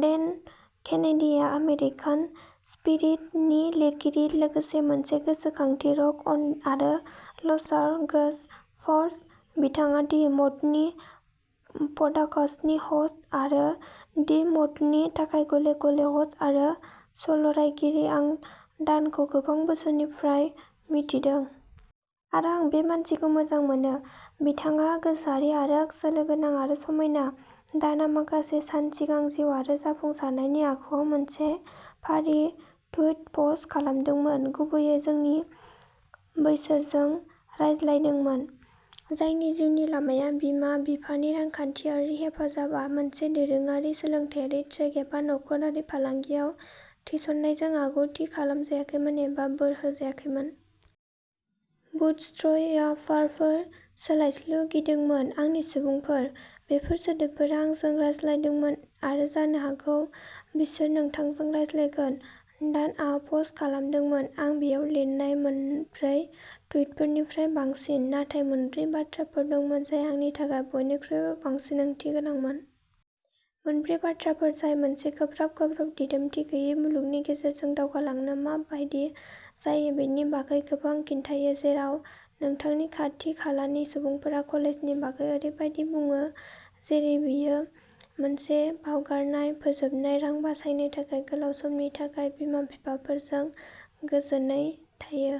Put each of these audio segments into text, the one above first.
डेन केनेडीआ American spirit नि लिरगिरि लोगोसे मोनसे गोसोखांथि रक अन आरो लसार गोज फार्स्ट। बिथाङा दि मथनि पडकास्टनि ह'स्ट आरो दि मथनि थाखाय गले-गले ह'स्ट आरो सल'रायगिरि। आं दानखौ गोबां बोसोरनिफ्राय मिथिदों। आरो आं बे मानसिखौ मोजां मोनो। बिथाङा गोसोआरि आरो सोलो गोनां आरो समायना। दानआ माखासे सान सिगां जिउ आरो जाफुंसारनायनि आखुआव मोनसे फारि टुइट पस्ट खालामदोंमोन। गुबैयै जोंनि बैसोरजों रायज्लायदोंमोन। जायनि जिउनि लामाया बिमा-बिफानि रांखान्थियारि हेफाजाब मोनसे दोरोङारि सोलोंथायारि ट्रेक एबा नखरारि फालांगियाव थिसननायजों आगु थि खालामजायाखैमोन एबा बोर होजायाखैमोन। बुटस्ट्र्यापारफोर। सोलायस्लु गिदोंमोन। आंनि सुबुंफोर। बेफोर सोदोबफोरा आंजों रायज्लायदोंमोन आरो जानो हागौ बिसोर नोंथांजों रायज्लायगोन। दानआ पस्ट खालामदोंमोन। आं बेयाव लिरनाय मोनब्रै टुइटफोरनिख्रुइ बांसिन। नाथाय मोनब्रै बाथ्राफोर दंमोन जाय आंनि थाखाय बयनिख्रुइबो बांसिन ओंथि गोनांमोन। मोनब्रै बाथ्राफोर जाय मोनसे गोब्राब गोब्राब दिदोमथि गैयै मुलुगनि गेजेरजों दावगालांनो मा बायदि जायो बेनि बागै गोबां खिन्थायो जेराव नोंथांनि खाथि-खालानि सुबुंफोरा कलेजनि बागै ओरैबायदि बुङो जेरै बेयो मोनसे बावगारनाय फोजोबनाय रां बासायनो थाखाय गोलाव समनि थाखाय बिमा-बिफाफोरजों गोजोनयै थायो।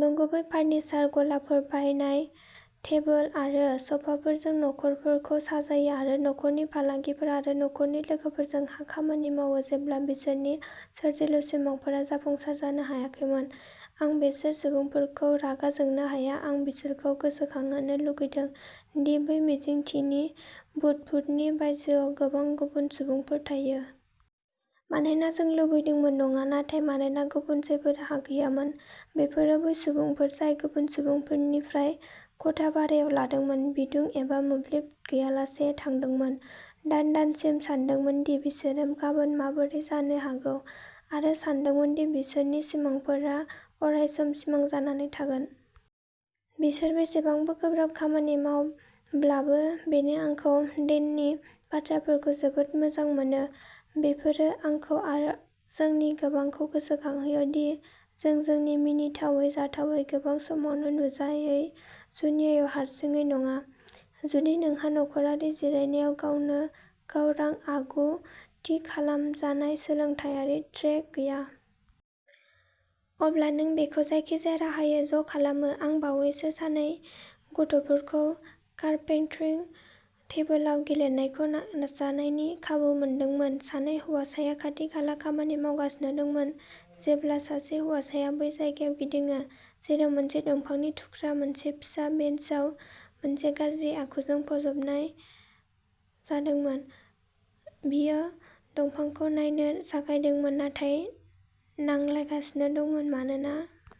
नंगुबै फारनिचार गलाफोराव बायनाय टेबोल आरो स'फाफोरजों न'फोरखौ साजायो। आरो नखरारि फालांगिफोर आरो नखरनि लोगोफोरजों हा खामानि मावो जेब्ला बिसोरनि सोरजिलु सिमांफोरा जाफुंसार जानो हायाखैमोन। आं बेसोर सुबुंफोरखौ रागा जोंनो हाया। आं बिसोरखौ गोसोखांहोनो लुगैदों दि बै मिजिंथिनि बुदबुदनि बायजोआव गोबां गुबुन सुबुंफोर थायो। मानोना जों लुबैदोंमोन नङा नाथाय मानोना गुबुन जेबो राहा गैयामोन। बेफोरो बै सुबुंफोर जाय गुबुन सुबुंफोरनिफ्राय खथा भारायाव लादोंमोन। बिदुं एबा मोब्लिब गैयालासे थांदोंमोन। दान-दानसिम सानदोंमोन दि बिसोरो गाबोन माबोरै जानो हागौ। आरो सानदोंमोन दि बिसोरनि सिमांफोरा अरायसम सिमां जानानै थागोन। बिसोर बेसेबांबो गोब्राब खामानि मावब्लाबो। बेनो आंखौ डेननि बाथ्राफोरखौ जोबोद मोजां मोनो। बेफोरो आंखौ आरो जोंनि गोबांखौ गोसोखांहोयो दि जों जोंनि मिनिथावै जाथावै गोबां समावनो नुजायै जुजिनायाव हारसिङै नङा। जुदि नोंहा नख'रारि जिरायनाय गावनो गाव रां आगु-थि खालामजानाय सोलोंथायारि ट्रेक गैया। अब्ला नों बेखौ जायखिजाया राहायै ज'खालामो। आं बावैसो सानै गथ'फोरखौ कारपेंट्रि टेबोलाव गेलेनायखौ नायनायनि खाबु मोनदोंमोन। सानै हौवासाया खाथि-खाला खामानि मावगासिनो दंमोन। जेब्ला सासे हौवासाया बै जायगायाव गिदिङो जेराव मोनसे दंफांनि थुख्रा मोनसे फिसा बेन्चआव मोनसे गाज्रि आखुजों फज'नाय जादोंमोन। बियो दंफांखौ नायनो जागायदोंमोन नाथाय नांलायगासिनो दंमोन मानोना